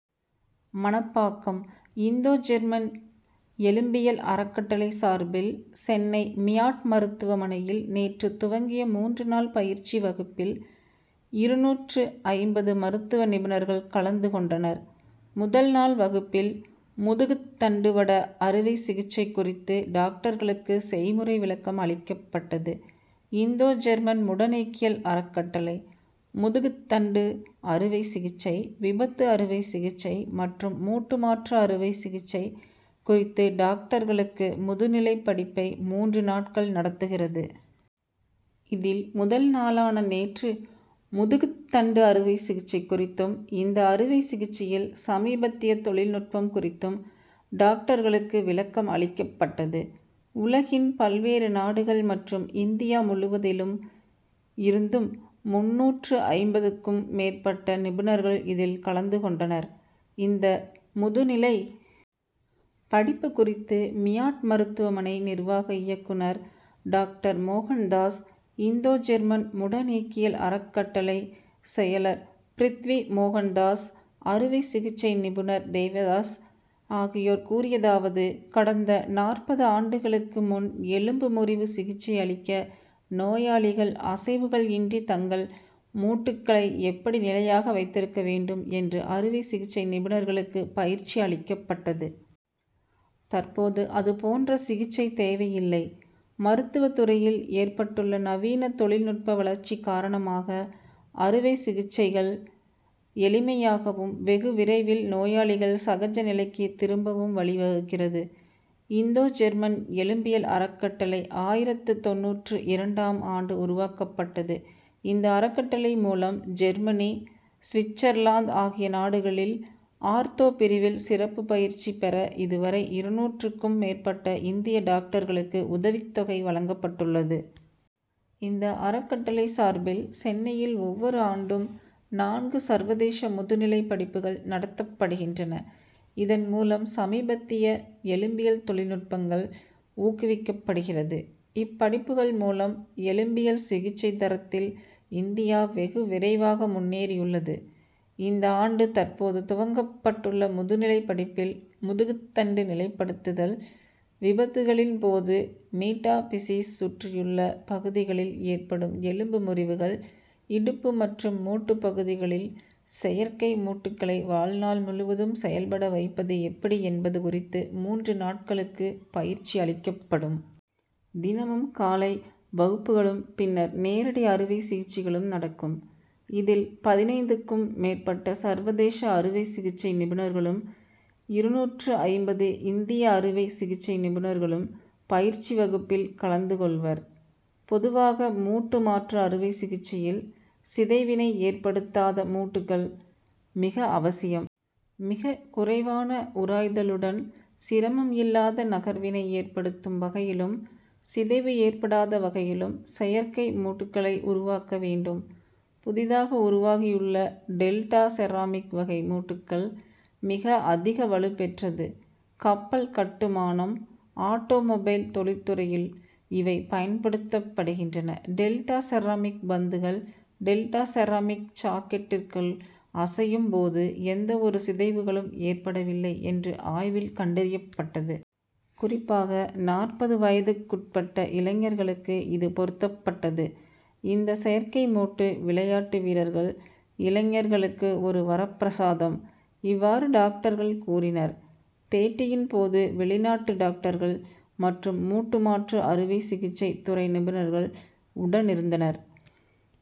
Manapakkam: Indo German எலும்பியல் அறக்கட்டளை சார்பில் சென்னை, மியாட் மருத்துவமனையில் நேற்று துவங்கிய மூன்று நாள் பயிற்சி வகுப்பில் இருநூற்று ஐம்பது மருத்துவ நிபுணர்கள் கலந்து கொண்டனர். முதல் நாள் வகுப்பில் முதுகுத்தண்டுவட அறுவை சிகிச்சை குறித்து டாக்டர்களுக்கு செய்முறை விளக்கம் அளிக்கப்பட்டது. இந்தோ ஜெர்மன் முடநீக்கியல் அறக்கட்டளை, முதுகுத்தண்டு அறுவை சிகிச்சை, விபத்து அறுவை சிகிச்சை மற்றும் மூட்டு மாற்று அறுவை சிகிச்சை குறித்து டாக்டர்களுக்கு முதுநிலை படிப்பை மூன்று நாட்கள் நடத்துகிறது. இதில், முதல் நாளான நேற்று முதுகுத்தண்டு அறுவை சிகிச்சை குறித்தும், இந்த அறுவை சிகிச்சையில் சமீபத்திய தொழில்நுட்பம் குறித்தும் டாக்டர்களுக்கு விளக்கம் அளிக்கப்பட்டது. உலகின் பல்வேறு நாடுகள் மற்றும் இந்தியா முழுவதிலும் இருந்தும் முந்நூற்று ஐம்பதுக்கும் மேற்பட்ட நிபுணர்கள் இதில் கலந்து கொண்டனர். இந்த முதுநிலை படிப்பு குறித்து மியாட் மருத்துவமனை நிர்வாக இயக்குனர் டாக்டர் மோகன்தாஸ், இந்தோ ஜெர்மன் முடநீக்கியல் அறக்கட்டளை செயலர் பிருத்வி மோகன்தாஸ், அறுவை சிகிச்சை நிபுணர் தேவதாஸ் ஆகியோர் கூறியதாவது:கடந்த நாற்பது ஆண்டுகளுக்கு முன் எலும்பு முறிவு சிகிச்சை அளிக்க, நோயாளிகள் அசைவுகள் இன்றி தங்கள் மூட்டுக்களை எப்படி நிலையாக வைத்திருக்க வேண்டும் என்று அறுவை சிகிச்சை நிபுணர்களுக்கு பயிற்சி அளிக்கப்பட்டது. தற்போது அதுபோன்ற சிகிச்சை தேவையில்லை. மருத்துவ துறையில் ஏற்பட்டுள்ள நவீன தொழில்நுட்ப வளர்ச்சி காரணமாக, அறுவை சிகிச்சைகள் எளிமையாகவும், வெகு விரைவில் நோயாளிகள் சகஜ நிலைக்கு திரும்பவும் வழிவகுக்கிறது. இந்தோ ஜெர்மன் எலும்பியல் அறக்கட்டளை ஆயிரத்து தொண்ணூற்று இரண்டாம் ஆண்டு உருவாக்கப்பட்டது. இந்த அறக்கட்டளை மூலம் ஜெர்மனி, சுவிட்சர்லாந்து ஆகிய நாடுகளில் ஆர்தோ பிரிவில் சிறப்பு பயிற்சி பெற இதுவரை இருநூற்றுக்கும் மேற்பட்ட இந்திய டாக்டர்களுக்கு உதவித் தொகை வழங்கப்பட்டுள்ளது. இந்த அறக்கட்டளை சார்பில் சென்னையில் ஒவ்வொரு ஆண்டும் நான்கு சர்வதேச முதுநிலை படிப்புகள் நடத்தப்படுகின்றன. இதன் மூலம் சமீபத்திய எலும்பியல் தொழில்நுட்பங்கள் ஊக்குவிக்கப்படுகிறது. இப்படிப்புகள் மூலம் எலும்பியல் சிகிச்சை தரத்தில் இந்தியா வெகு விரைவாக முன்னேறியுள்ளது. இந்த ஆண்டு, தற்போது துவங்கப்பட்டுள்ள முதுநிலை படிப்பில், முதுகுத்தண்டு நிலைப்படுத்துதல், விபத்துகளின் போது மீட்டாபிசீஸ் சுற்றியுள்ள பகுதிகளில் ஏற்படும் எலும்பு முறிவுகள், இடுப்பு மற்றும் மூட்டு பகுதிகளில் செயற்கை மூட்டுக்களை வாழ்நாள் முழுவதும் செயல்பட வைப்பது எப்படி என்பது குறித்து மூன்று நாட்களுக்கு பயிற்சி அளிக்கப்படும். தினமும் காலை வகுப்புகளும், பின்னர் நேரடி அறுவை சிகிச்சைகளும் நடக்கும். இதில், பதினைந்துக்கும் மேற்பட்ட சர்வதேச அறுவை சிகிச்சை நிபுணர்களும், இருநூற்று ஐம்பது இந்திய அறுவை சிகிச்சை நிபுணர்களும் பயிற்சி வகுப்பில் கலந்து கொள்வர். பொதுவாக மூட்டு மாற்று அறுவை சிகிச்சையில் சிதைவினை ஏற்படுத்தாத மூட்டுக்கள் மிக அவசியம். மிக குறைவான உராய்தலுடன், சிரமம் இல்லாத நகர்வினை ஏற்படுத்தும் வகையிலும், சிதைவு ஏற்படாத வகையிலும் செயற்கை மூட்டுக்களை உருவாக்க வேண்டும். புதிதாக உருவாகியுள்ள "டெல்டா செராமிக்' வகை மூட்டுக்கள் மிக அதிக வலுபெற்றது. கப்பல் கட்டுமானம், ஆட்டோமொபைல் தொழிற்துறையில் இவை பயன்படுத்தப்படுகின்றன. டெல்டா செராமிக் பந்துகள், டெல்டா செராமிக் சாக்கெட்டிற்குள் அசையும் போது, எந்த ஒரு சிதைவுகளும் ஏற்படவில்லை என்று ஆய்வில் கண்டறியப்பட்டது. குறிப்பாக, நாற்பது வயதுக்குட்பட்ட இளைஞர்களுக்கு இது பொருத்தப்பட்டது. இந்த செயற்கை மூட்டு, விளையாட்டு வீரர்கள், இளைஞர்களுக்கு ஒரு வரப்பிரசாதம். இவ்வாறு டாக்டர்கள் கூறினர். பேட்டியின் போது வெளிநாட்டு டாக்டர்கள் மற்றும் மூட்டு மாற்று அறுவை சிகிச்சை துறை நிபுணர்கள் உடனிருந்தனர்.